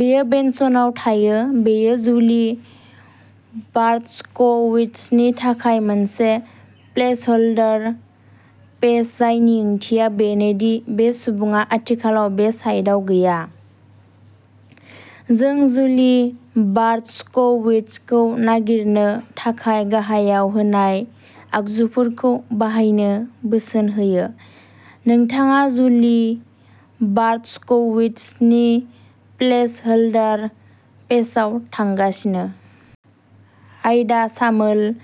बियो बेनसनआव थायो। बेयो जुलि बार्टस्कविट्जनि थाखाय मोनसे प्लेसहोल्डार पेज, जायनि ओंथिया बेनो दि बे सुबुङा आथिखालाव बे साइटआव गैया। जों जुलि बार्टस्कविट्जखौ नागिरनो थाखाय गाहायाव होनाय आगजुफोरखौ बाहायनो बोसोन होयो। नोंथाङा जुलि बार्टस्कविट्जनि प्लेसहोल्डार पेजाव थांगासिनो। आयदा सामोलः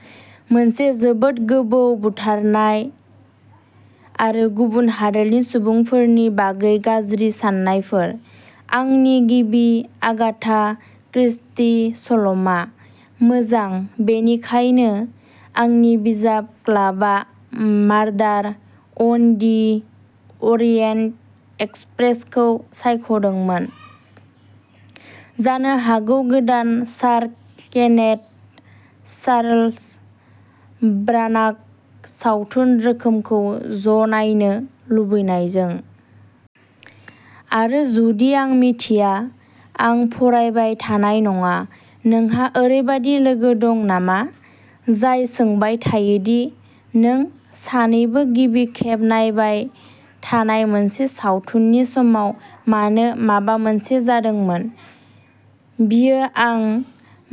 मोनसे जोबोद गोबौ बुथारनाय आरो गुबुन हादोरनि सुबुंफोरनि बागै गाज्रि सान्नायफोर। आंनि गिबि आगाथा क्रिस्टी सल'मा। मोजां, बेनिखायनो आंनि बिजाब क्लाबआ मार्डार अन दि अरियेन्ट एक्सप्रेसखौ सायख'दोंमोन, जानो हागौ गोदान सार केनेथ चार्ल्स ब्रानाग सावथुन रोखोमखौ ज'नायनो लुबैनायजों। आरो जुदि आं मिथिया, आं फरायबाय थानाय नङा। नोंहा ओरैबायदि लोगो दं नामा जाय सोंबाय थायो दि नों सानैबो गिबि खेब नायबाय थानाय मोनसे सावथुननि समाव मानो माबा मोनसे जादोंमोन? बियो आं।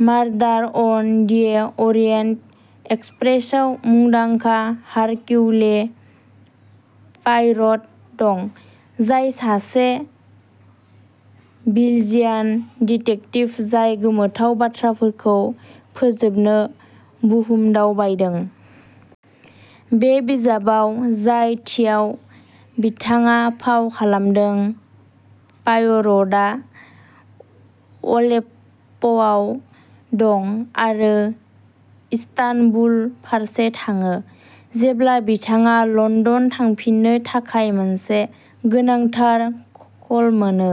मार्डार अन दि अरियेन्ट एक्सप्रेसआव मुंदांखा हारकिउले पायर'ट दं, जाय सासे बेल्जियान डिटेक्टिभ जाय गोमोथाव बाथ्राफोरखौ फोजोबनो बुहुम दावबायदों। बे बिजाबाव, जाय थिआव बिथाङा फाव खालामदों, पायर'टआ अलेप्प'आव दं आरो इस्तानबुल फारसे थाङो जेब्ला बिथाङा लन्दन थांफिननो थाखाय मोनसे गोनांथार कल मोनो।